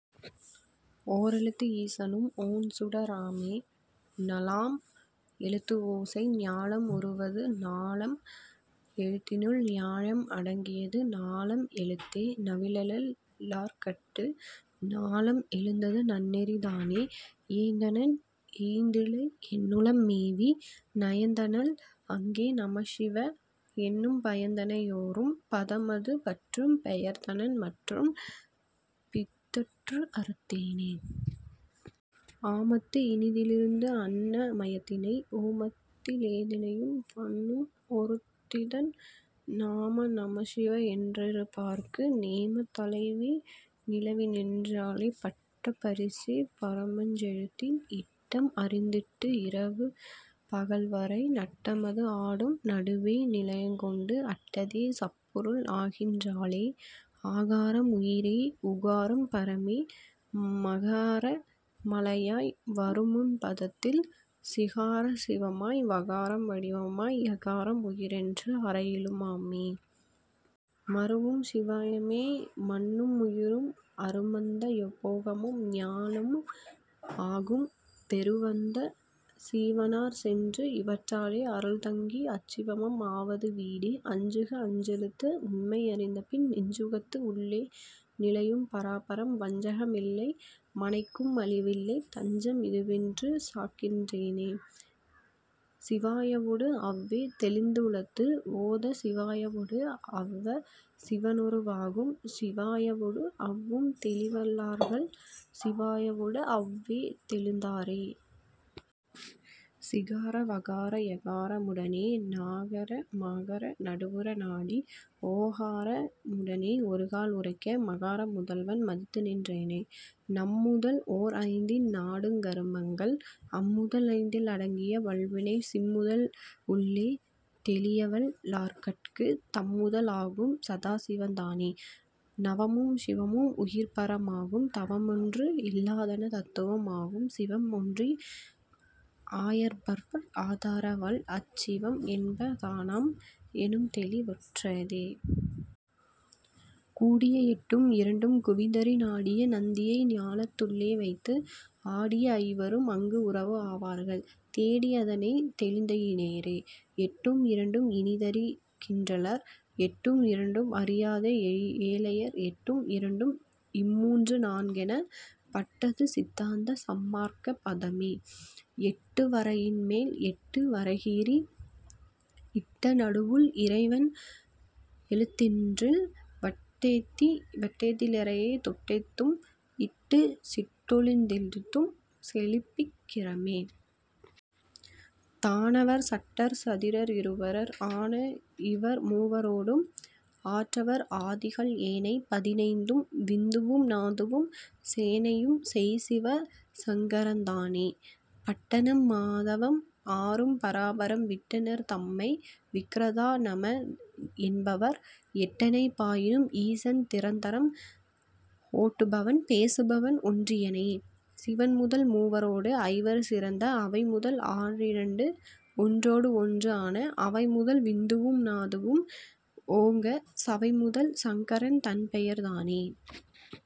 ஓரெழுத்து ஈசனும் ஓண்சுட ராமே. நாலாம் எழுத்துஓசை ஞாலம் உருவது நாலாம் எழுத்தினுள் ஞாலம் அடங்கியது நாலாம் எழுத்தே நவிலவல் லார்கட்டு நாலாம் எழுந்தது நன்னெறி தானே. இயைந்தனள் ஏந்திழை என்னுளம் மேவி நயந்தனள் அங்கே நமசிவ என்னும் பயந்தனை யோரும் பதமது பற்றும் பெயர்ந்தனன் மற்றும் பிதற்றுஅறுத் தேனே. ஆமத்து இனிதிருந்து அன்ன மயத்தினை ஓமத்தி லேயுதம் பண்ணும் ஒருத்திதன் நாம நமசிவ என்றிருப் பாருக்கு நேமத் தலைவி நிலவிநின் றாளே. பட்ட பரிசே பரமஞ் செழுத்ததின் இட்டம் அறிந்திட்டு இரவு பகல்வர நட்டமது ஆடும் நடுவே நிலையங்கொண்டு அட்டதே சப்பொருள் ஆகிநின் றாளே. அகாரம் உயிரே உகாரம் பரமே மகார மலமாய் வருமுப் பதத்தில் சிகாரம் சிவமாய் வகாரம் வடிவமாய் யகாரம் உயிரென்று அறையலும் ஆமே. மருவும் சிவாயமே மன்னும் உயிரும் அருமந்த போகமும் ஞானமும் ஆகும் தெருள்வந்த சீவனார் சென்றுஇவற் றாலே அருள்தங்கி அச்சிவமம் ஆவது வீடே. அஞ்சுக அஞ்செழுத்து உண்மை அறிந்தபின் நெஞ்சுகத்து உள்ளே நிலையும் பராபரம் வஞ்சகம் இல்லை மனைக்கும் அழிவில்லை தஞ்சம் இதுவென்று சாற்றுகின் றேனே. சிவாயவொடு அவ்வ தெளிந்துஉளத்து ஓதச் சிவாயவொடு அவ்வே சிவனுரு வாகும் சிவாயவொடு அவ்வும் தெளியவல் லார்கள் சிவாயவொடு அவ்வே தெளிந்திருந் தாரே. சிகார வகார யகார முடனே நகார மகார நடுவுற நாடி ஓகார முடனே ஒருகால் உரைக்க மகார முதல்வன் மதித்துநின் றானே. நம்முதல் ஓர்ஐந்தின் நாடுங் கருமங்கள் அம்முதல் ஐந்தில் அடங்கிய வல்வினை சிம்முதல் உள்ளே தெளியவல் லார்கட்குத் தம்முதல் ஆகும் சதாசிவந் தானே. நவமும் சிவமும் உயிர்பர மாகும் தவமொன்று இலாதன தத்துவம் ஆகும் சிவம்ஒன்றி ஆய்பவர்ஆதர வால்அச் சிவம்என்ப தானாம் எனும்தெளி வுற்றதே.. கூடிய எட்டும் இரண்டும் குவிந்தறி நாடிய நந்தியை ஞானத்துள் ளேவைத்து ஆடிய ஐவரும் அங்குஉறவு ஆவார்கள் தேடி அதனைத் தெளிந்தனியீரே. எட்டும் இரண்டும் இனிதுஅறி கின்றிலர் எட்டும் இரண்டும் அறியாத ஏழையர் எட்டும் இரண்டும் இருமூன்று நான்கெனப் பட்டது சித்தாந்த சன்மார்க்க பாதமே.. எட்டு வரையின்மேல் எட்டு வரைகீறி இட்ட நடுவுள் இறைவன் எழுத்தொன்றில் வட்டத்தி லேயறை நாற்பத்தெட் டும்இட்டுச் சிட்டஞ் செழுத்தும் செபிசீக் கிரமே. தானவர் சட்டர் சதிரர் இருவரர் ஆனஇம் மூவரோடு ஆற்றவர் ஆதிகள் ஏனைப் பதினைந்தும் விந்துவும் நாதமும் சேனையும் செய்சிவ சக்கரந் தானே. பட்டனம் மாதவம் ஆறும் பராபரம் விட்டனர் தம்மை விக்கிரதா நமஎன்பர் எட்டனை யாயினும் ஈசன் திறத்திறம் ஒட்டுவன் பேசுவன் ஒன்றறி யேனே சிவன்முதல் மூவரோடு ஐவர் சிறந்த அவைமுதல் ஆறிரண்டு ஒன்றொடுஒன்று ஆன அவைமுதல் விந்துவும் நாதமும் ஓங்கச் சவைமுதல் சங்கரன் தன்பெயர் தானே.